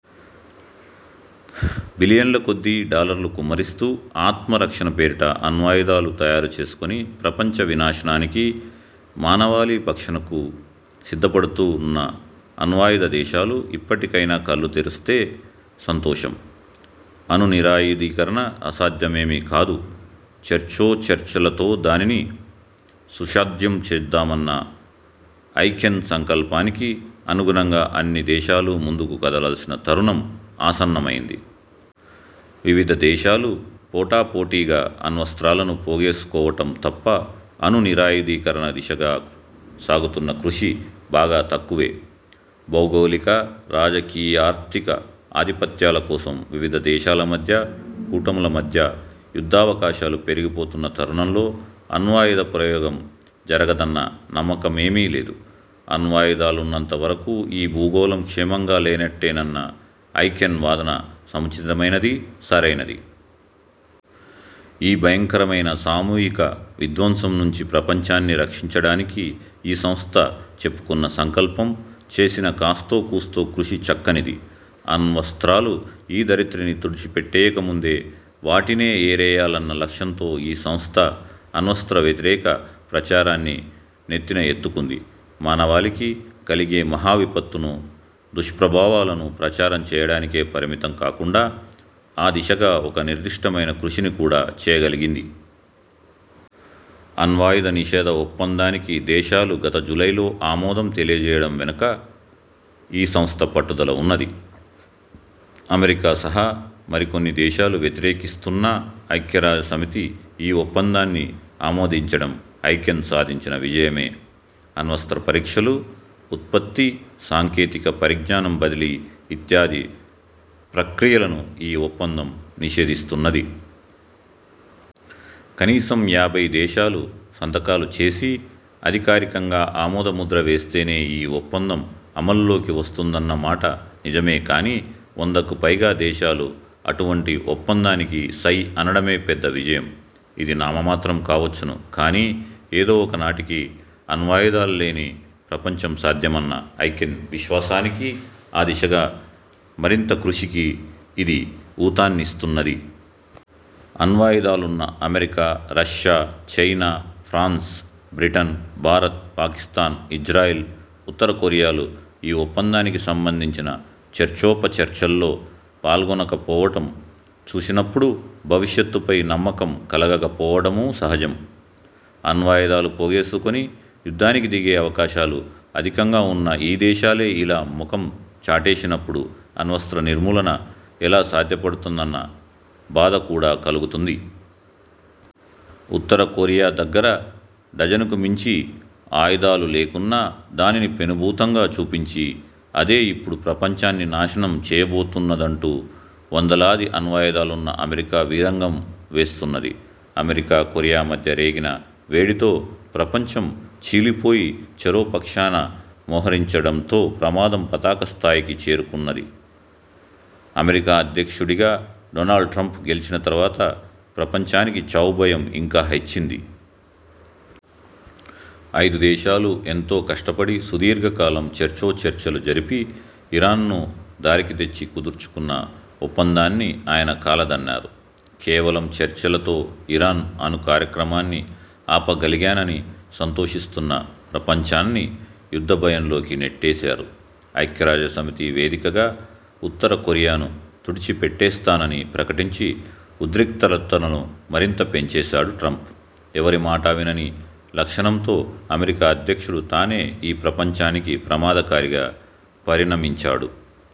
బిలియన్ల కొద్దీ డాలర్లు కుమ్మరిస్తూ ఆత్మరక్షణ పేరిట అణ్వాయుధాలు తయారుచేసుకుని, ప్రపంచ వినాశనానికీ, మానవాళి భక్షణకూ సిద్ధపడుతున్న అణ్వాయుధ దేశాలు ఇప్పటికైనా కళ్లు తెరిస్తే సంతోషం. అణునిరాయుధీకరణ అసాధ్యమేమీ కాదు, చర్చోచర్చలతో దానిని సుసాధ్యం చేద్దామన్న ఐ కెన్ సంకల్పానికి అనుగుణంగా అన్ని దేశాలూ ముందుకు కదలాల్సిన తరుణం ఆసన్నమైంది. వివిధ దేశాలు పోటాపోటీగా అణ్వస్త్రాలను పోగేసుకోవడం తప్ప, అణునిరాయుధీకరణ దిశగా సాగుతున్న కృషి బాగా తక్కువే. భౌగోళిక, రాజకీయార్థిక ఆధిపత్యాల కోసం వివిధ దేశాల మధ్య, కూటముల మధ్య యుద్ధావకాశాలు పెరిగిపోతున్న తరుణంలో అణ్వాయుధ ప్రయోగం జరగదన్న నమ్మకమేమీ లేదు. అణ్వాయుధాలున్నంత వరకూ ఈ భూగోళం క్షేమంగా లేనట్టేనన్న ఐ కెన్ వాదన సముచితమైనది, సరైనది. ఈ భయంకరమైన, సామూహిక విధ్వంసం నుంచి ప్రపంచాన్ని రక్షించడానికి ఈ సంస్థ చెప్పుకున్న సంకల్పం, చేసిన కాస్తోకూస్తో కృషి చక్కనిది. అణ్వస్త్రాలు ఈ ధరిత్రిని తుడిచిపెట్టేయకముందే, వాటినే ఏరేయాలన్న లక్ష్యంతో ఈ సంస్థ అణ్వస్త్రవ్యతిరేక ప్రచారాన్ని నెత్తిన ఎత్తుకుంది. మానవాళికి కలిగే మహావిపత్తును, దుష్ప్రభావాలను ప్రచారం చేయడానికే పరిమితం కాకుండా ఆ దిశగా ఒక నిర్దిష్టమైన కృషిని కూడా చేయగలిగింది. అణ్వాయుధ నిషేధ ఒప్పందానికి దేశాలు గత జూలైలో ఆమోదం తెలియచేయడం వెనుక ఈ సంస్థ పట్టుదల ఉన్నది. అమెరికా సహా మరికొన్ని దేశాలు వ్యతిరేకిస్తున్నా ఐక్యరాజ్యసమితి ఈ ఒప్పందాన్ని ఆమోదించడం ఐకెన్ సాధించిన విజయమే. అణ్వస్త్ర పరీక్షలు, ఉత్పత్తి, సాంకేతిక పరిజ్ఞానం బదిలీ ఇత్యాది ప్రక్రియలను ఈ ఒప్పందం నిషేధిస్తున్నది. కనీసం యాభై దేశాలు సంతకాలు చేసి, అధికారికంగా ఆమోదముద్ర వేస్తేనే ఈ ఒప్పందం అమలులోకి వస్తుందన్నమాట నిజమే కానీ, వందకుపైగా దేశాలు అటువంటి ఒప్పందానికి సై అనడమే పెద్ద విజయం. ఇది నామమాత్రం కావచ్చును కానీ, ఏదో ఒక నాటికి అణ్వాయుధాలు లేని ప్రపంచం సాధ్యమన్న ఐ కెన్ విశ్వాసానికీ, ఆ దిశగా మరింత కృషికీ ఇది ఊతాన్నిస్తున్నది. అణ్వాయుధాలున్న America, Russia, China, France, Britain, Bharat, Pakistan, Israel, ఉత్తరకొరియాలు ఈ ఒప్పందానికి సంబంధించిన చర్చోపచర్చల్లో పాల్గొనకపోవడం చూసినప్పుడు భవిష్యత్తుపై నమ్మకం కలగకపోవడమూ సహజం. అణ్వాయుధాలు పోగేసుకొని, యుద్ధానికి దిగే అవకాశాలు అధికంగా ఉన్న ఈ దేశాలే ఇలా మొఖం చాటేసినప్పుడు అణ్వస్త్ర నిర్మూలన ఎలా సాధ్యపడుతుందన్న బాధ కూడా కలుగుతుంది. ఉత్తరకొరియా దగ్గర డజనుకు మించి ఆయుధాలు లేకున్నా దానిని పెనుభూతంగా చూపించి, అదే ఇప్పుడు ప్రపంచాన్ని నాశనం చేయబోతున్నదంటూ వందలాది అణ్వాయుధాలున్న అమెరికా వీరంగం వేస్తున్నది. అమెరికా, కొరియా మధ్య రేగిన వేడితో ప్రపంచం చీలిపోయి చెరోపక్షాన మోహరించడంతో ప్రమాదం పతాకస్థాయికి చేరుకుంది. అమెరికా అధ్యక్షుడిగా డొనాల్డ్ట్రంప్ గెలిచిన తరువాత ప్రపంచానికి చావుభయం ఇంకా హెచ్చింది. ఐదుదేశాలు ఎంతో కష్టపడి, సుదీర్ఘకాలం చర్చోచర్చలు జరిపి ఇరాన్ను దారికితెచ్చి కుదర్చుకున్న ఒప్పందాన్ని ఆయన కాలదన్నారు. కేవలం చర్చలతో ఇరాన్ అణుకార్యక్రమాన్ని ఆపగలిగానని సంతోషిస్తున్న ప్రపంచాన్ని యుద్ధభయంలోకి నెట్టేశారు. ఐక్యరాజ్యసమితి వేదికగా ఉత్తరకొరియాను తుడిచిపెట్టేస్తానని ప్రకటించి ఉద్రిక్తతలను మరింత పెంచేశాడు ట్రంప్. ఎవరిమాటా వినని లక్షణంతో అమెరికా అధ్యక్షుడు తానే ఈ ప్రపంచానికి ప్రమాదకారిగా పరిణమించాడు.